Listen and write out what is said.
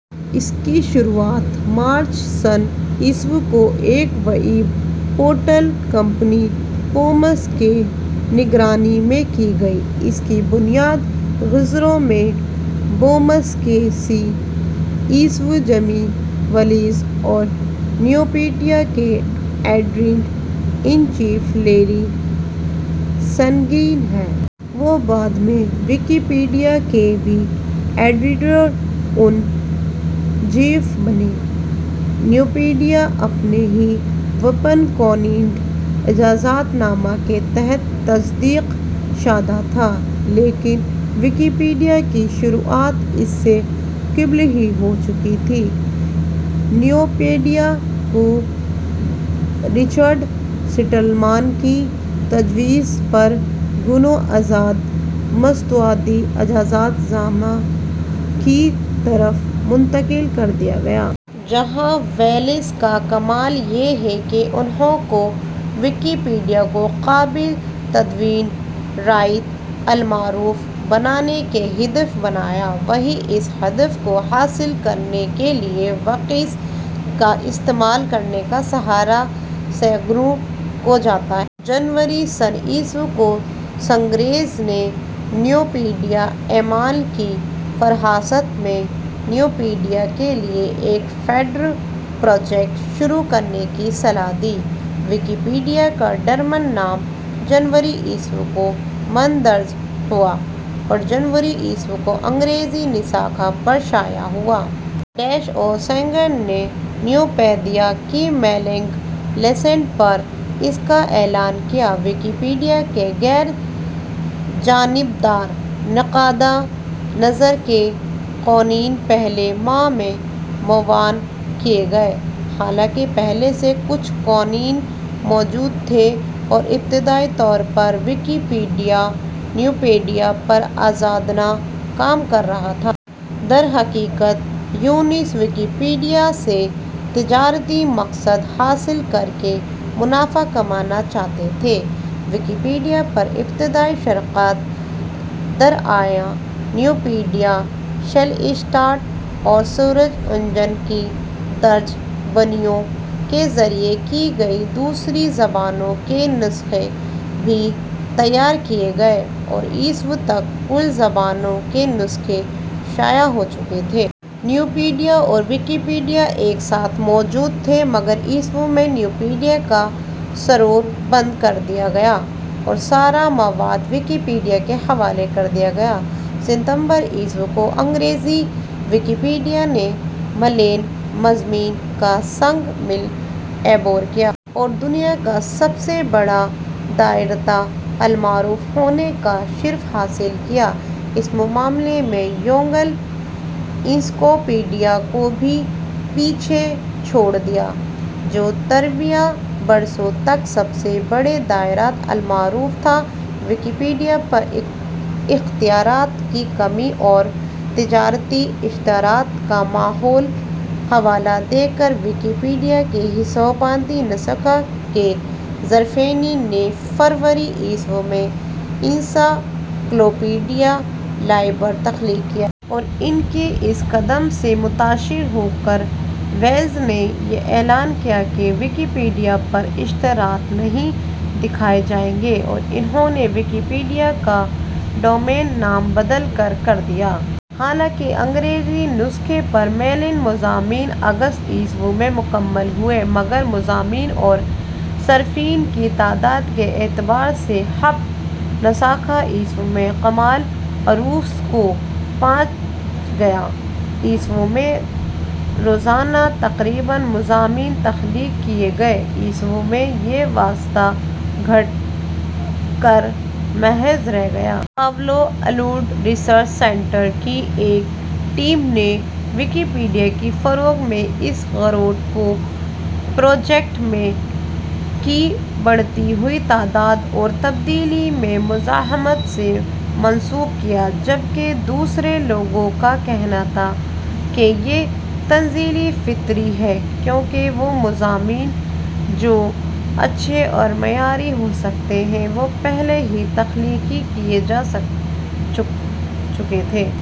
، اس کی شروعات مارچ سنہ ء کو ایک ویب پورٹل کمپنی بومس کی نگرانی میں کی گئی۔ اس کے بنیاد گزاروں میں بومس کے C E O Jimmy Wales اور نیوپیڈیا کے editor in chief Larry Sanger ہیں۔ وہ بعد میں ویکیپیڈیا کے بھی ایڈیٹر ان چیف بنے۔ نیوپیڈیا اپنے ہی اوپن کونٹینٹ اجازت نامہ کے تحت تصدیق شدہ تھا۔ لیکن ویکیپیڈیا کی شروعات اس سے قبل ہی ہو چکی تھی، نیوپیڈیا کو رچرڈ سٹالمان کی تجویز پر گنو آزاد مسوداتی اجازت نامہ کی طرف منتقل کردیاگیا۔ ، جہاں ویلس کا کمال یہ ہے کہ انھوں کو ویکیپیڈیا کو قابل تدوین دائرۃالمعارف بنانے کا ہدف بنایا۔ ، وہیں اس ہدف کو حاصل کر نے کے لیے ویکی کا استعمال کرنے کا سہرا سینگر کو جاتا ہے۔ ، جنوری سنہ ء کو سینگر نے نیوپیڈیا ایمیل کی فہرست میں نیوپیڈیا کے لیے ایک ''فیڈر پروجیکٹ "شروع کرنے کی صلاح دی۔ ۔ ویکیپیڈیا کا ڈومین نام جنوری ء کو مندرج ہوا اور جنوری ء کو انگریزی نسخہ پر شائع ہوا۔ ۔ اور سینگر نے نیوپیدیا کی میلینگ لسٹ پر اس کا اعلان کیا۔ ویکیپیڈیا کے "غیر جانبدار نقطہ نظر" کے قوانین پہلے ماہ میں مدون کیے گئے۔ حالانکہ پہلے سے کچھ قوانین موجود تھے اور ابتدائی طور پر ویکیپیڈیا نیوپیڈیا پر آزادانہ کام کررہا تھا۔۔ درحقیقت بونس ویکیپیڈیاسے تجارتی مقصد حاصل کر کے منافع کمانا چاہتے تھے۔ ویکیپیڈیا پر ابتدائی شراکت داریاں نیوپیڈیا، شلیشڈاٹ اور سرچ انجن کی درجہ بندیوں کے ذریعے کی گئیں۔ دوسری زبانوں کے نسخے بھی تیار کیے گئے اور ء تک کل زبانوں کے نسخے شائع ہو چکے تھے۔ نیوپیڈیا اور ویکیپیڈیا ایک ساتھ موجود تھے مگر ء میں نیوپیڈیا کا سرور بند کر دیا گیا اور سارا مواد ویکیپیڈیا کے حوالے کر دیا گیا۔ ستمبر ء کو انگریزی ویکیپیڈیا نے ملین مضامین کا سنگ میل عبور کیا۔ اور دنیا کا سب سے بڑا دائرۃالمعارف ہونے کا شرف حاصل کیا۔ اس معاملے میں یونگل انسائکلوپیڈیا کو بھی پیچھے چھوڑ دیا، جو توریبا برسوں تک سب سے بڑا دائرۃالمعارف تھا۔ ویکیپیڈیا پر اختیارات کی کمی اور تجارتی اشتہارات کا حوالہ دے کر ویکیپیڈیا کے ہسپانوی نسخہ کے صارفین نے فروری ء میں انسائکلوپیڈیا لائبر تخلیق کیا۔ اور ان کے اس قدم سے متاثر ہو کر ویلز نے یہ اعلان کیا کہ ویکیپیڈیا پر اشتہارات نہیں دکھائے جائیں گے اور انھوں نے ویکیپیڈیا کا ڈومین نام. بدل کر. کر دیا۔ حالانکہ انگریزی نسخہ پر ملین مضامین اگست ء میں مکمل ہوئے مگر مضامین اور صارفین کی تعداد کے اعتبار سے ہپ نسخہ ء میں کمال عروج کو پہنچ گیا تھا۔ ء میں روزانہ تقریباً مضامین تخلیق کیے گئے، ء میں یہ اوسط گھٹ کر محض رہ گیا۔ پاولو الٹو ریسرچ سینٹر کی ایک ٹیم نے ویکیپیڈیا کے فروغ میں اس گراوٹ کو پروجیکٹ میں کی بڑھتی ہوئی تعداد اور تبدیلی میں مزاحمت سے منسوب کیا۔ جبکہ دوسرے لوگوں کا کہنا تھا کہ یہ تنزلی فطری ہے کیونکہ وہ مضامین جو اچھے اور معیاری ہو سکتے تھے وہ پہلے ہی تخلیق کیے جا چکے تھے۔